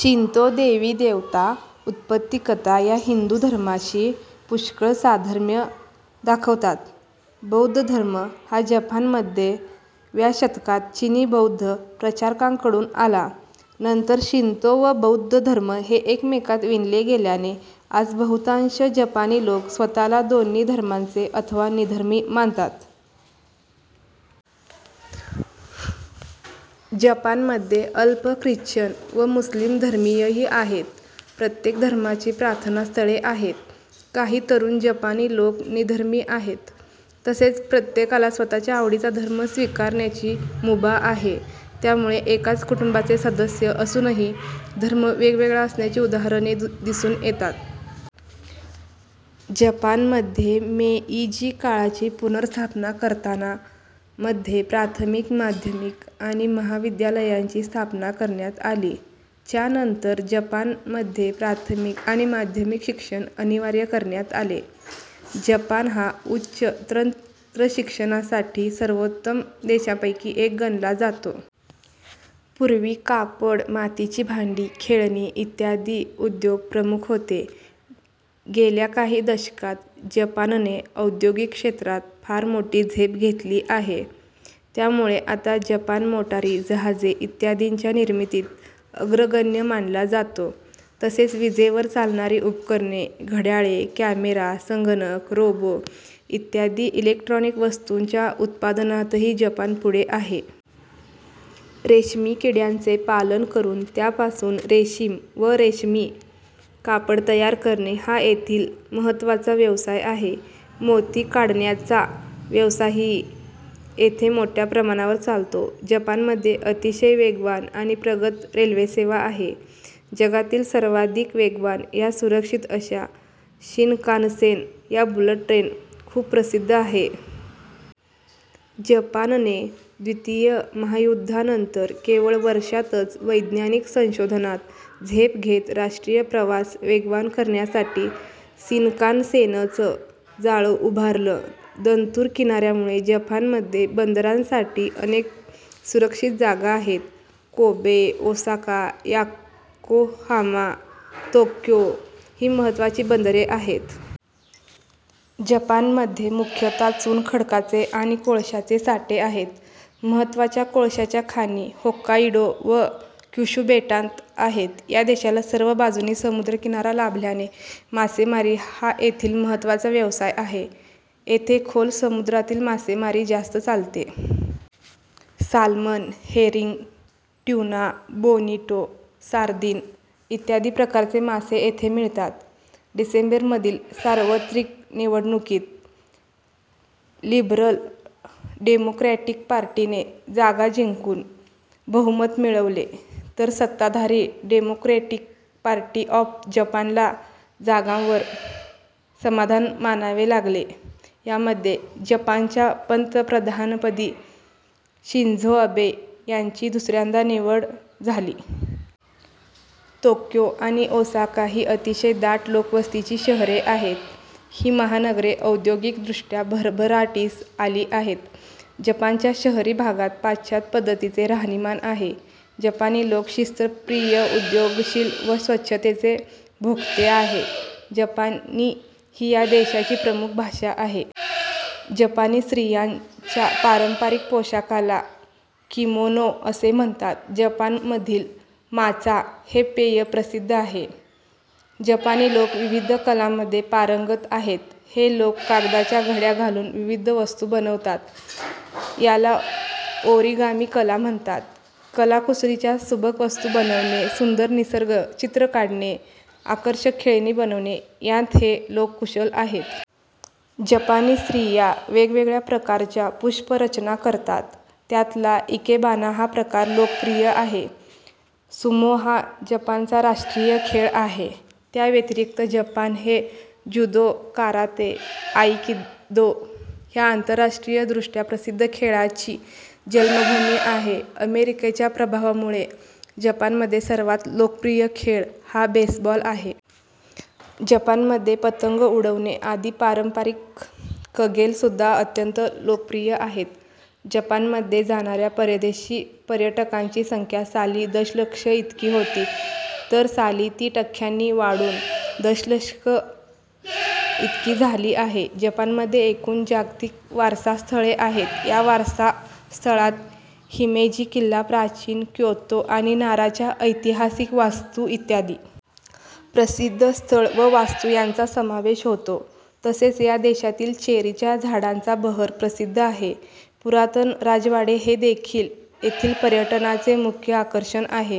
Shinto देवी देवता, उत्पत्ति कथा ह्या हिंदू धर्माशी पुष्कळ साधर्म्य दाखवतात. बौद्ध धर्म हा जपान मध्ये व्या शतकात चीनी बौद्ध प्रचारकांकडून आला. नंतर शिंतो व बौद्ध धर्म हे एकमेकात विणले गेल्याने आज बहुतांश जपानी लोक स्वतःला दोन्ही धर्मांचे अथवा निधर्मी मानतात. जपानमध्ये अल्प ख्रिश्चन व मुस्लिम धर्मीयही आहेत. प्रत्येक धर्माची प्रार्थनास्थळे आहेत. काही तरुण जपानी लोक निधर्मी आहेत तसेच प्रत्येकाला स्वतःच्या आवडीचा धर्म स्वीकारण्याची मुभा आहे. त्यामुळे एकाच कुटुंबाचे सदस्य असूनही धर्म वेगवेगळा असण्याची उदाहरणे दिसून येतात. जपान मध्ये मेइजि काळाची पुनःस्थापन करताना मध्ये प्राथमिक, माध्यमिक आणि महाविद्यलयांची स्थापना करण्यात आली. च्या नंतर जपान मध्ये प्राथमिक आणि माध्यमिक शिक्षण अनिवार्य करण्यात आले. जपान हा उच्च तंत्रशिक्षणासाठी सर्वोत्तम देशांपैकी एक गणला जातो। पूर्वी कापड, मातीची भांडी, खेळणी इत्यादी उद्योग प्रमुख होते. गेल्या काही दशकात जपानने औद्योगिक क्षेत्रात फार मोठी झेप घेतली आहे. त्यामुळे आता जपान मोटारी, जहाजे इत्यादींच्या निर्मितीत अग्रगण्य मानला जातो. तसेच विजेवर चालणारी उपकरणे, घड्याळे, कॅमेरा, संगणक, रोबो इत्यादी इलेक्ट्रोनिक वस्तूंच्या उत्पादनातही जपान पुढे आहे. रेशमी किड्यांचे पालन करून त्य्पासून रेशीम व रेशमी कापड तयार करणे हा येथील महत्त्वाचा व्यवसाय आहे. मोती काढण्याचा व्यवसायही येथे मोठ्या प्रमाणावर चालतो. जपानमध्ये अतिशय वेगवान आणि प्रगत रेल्वेसेवा आहे. जगातील सर्वाधिक वेगवान या सुरक्षित अश्या शिनकानसेन ह्या बुलेट ट्रेन खूप प्रसिद्ध आहे. जपान ने द्वितीय महायुद्धा नंतर केवळ वर्षातच वैज्ञानिक संशोधनात झेप घेत राष्ट्रीय प्रवास वेगवान करण्यासाठी, शिनकानसेनचं जाळं उभारलं. दंतुर किनाऱ्यामुळे जपानमध्ये बंदारांसाठी अनेक सुरक्षित जागा आहेत. कोबे, ओसाका, याकोहामा, तोक्यो ही महत्त्वाची बंदरे आहेत. जपानमध्ये मुख्यतः चुनखडकाचे आणि कोळशाचे साठे आहेत. महत्त्वाच्या कोळशाच्या खाणी होक्काइडो व क्युशु बेटांत आहेत. या देशाला सर्व बाजूनी समुद्रकिनारा लाभल्याने मासेमारी हा येथील महत्त्वाचा व्यवसाय आहे. येथे खोल समुद्रातील मासेमारी जास्त चालते. Salmon, herring, tuna, bonito, sardine इत्यादी प्रकारचे मासे येथे मिळतात. डिसेंबर मधील सार्वत्रिक निवडणुकीत लिबरल डेमोक्रॅटिक पार्टीने जागा जिंकून बहुमत मिळविले; तर सत्ताधारी डेमोक्रॅटिक पार्टी ऑफ जपानला जागांवर समाधान मानावे लागले. यामध्ये जपानच्या पंतप्रधानपदी शिंझो अबे यांची दुसऱ्यांदा निवड झाली. तोक्यो आणि ओसाका ही अतिशय दाट लोकवस्तीची शहरे आहेत. ही महानगरे औद्योगिक दृष्ट्या भरभराटीस आली आहेत. जपानच्या शहरी भागात पाश्चात्य पद्धतीचे राहणीमान आहे. जपानी लोक शिस्तप्रिय, उद्योगशील व स्वच्छतेचे भोक्ते आहेत. जपानी ही या देशाची प्रमुख भाषा आहे. जपानी स्त्रियांच्या पारंपारिक पोशाखाला किमोनो असे म्हणतात. जपानमधील माचा हे पेय प्रसिद्ध आहे. जपानी लोक विविध कलांमध्ये पारंगत आहेत. हे लोक कागदाच्या घड्या घालून विविध वस्तू बनवतात. याला ओरिगामी कला म्हणतात. कलाकुसरीच्या सुबक वस्तू बनवणे, सुंदर निसर्ग चित्र काढणे, आकर्षक खेळणी बनवणे यांत हे लोक कुशल आहेत. जपानी स्त्रिया वेगवेगळ्या प्रकारच्या पुष्परचना करतात. त्यातला इकेबाना हा प्रकार लोकप्रिय आहे. सुमो हा जपानचा राष्ट्रीय खेळ आहे. त्या व्यतिरिक्त जपान हे ज्यूदो, काराते, आइकिदो ह्या आंतरराष्ट्रीय दृष्ट्या प्रसिद्ध खेळांची जन्मभूमी आहे. अमेरिकेच्या प्रभावामुळे जपान मध्ये सर्वात लोकप्रिय खेळ हा बेसबॉल आहे. जपानमध्ये पतंग उडवणे आदि पारंपरिक कगेल सुद्धा अत्यंत लोकप्रिय आहेत. जपानमध्ये जाणाऱ्या परदेशी पर्यटकांची संख्या साली दशलक्ष इतकी होती तर साली ती टक्क्यांनी वाढून दशलक्ष इतकी झाली आहे. जपानमध्ये एकूण जागतिक वारसास्थळे आहेत, या वारसास्थळात हिमेजी किल्ला, प्राचीन क्योतो आणि नाराच्या ऐतिहासिक वास्तू इत्यादी. प्रसिद्ध स्थळ व वास्तू यांचा समावेश होतो. तसेच या देशातील चेरीच्या झाडांचा बहर प्रसिद्ध आहे. पुरातन राजवाडे हेदेखील येथील पर्यटनाचे मुख्य आकर्षण आहे.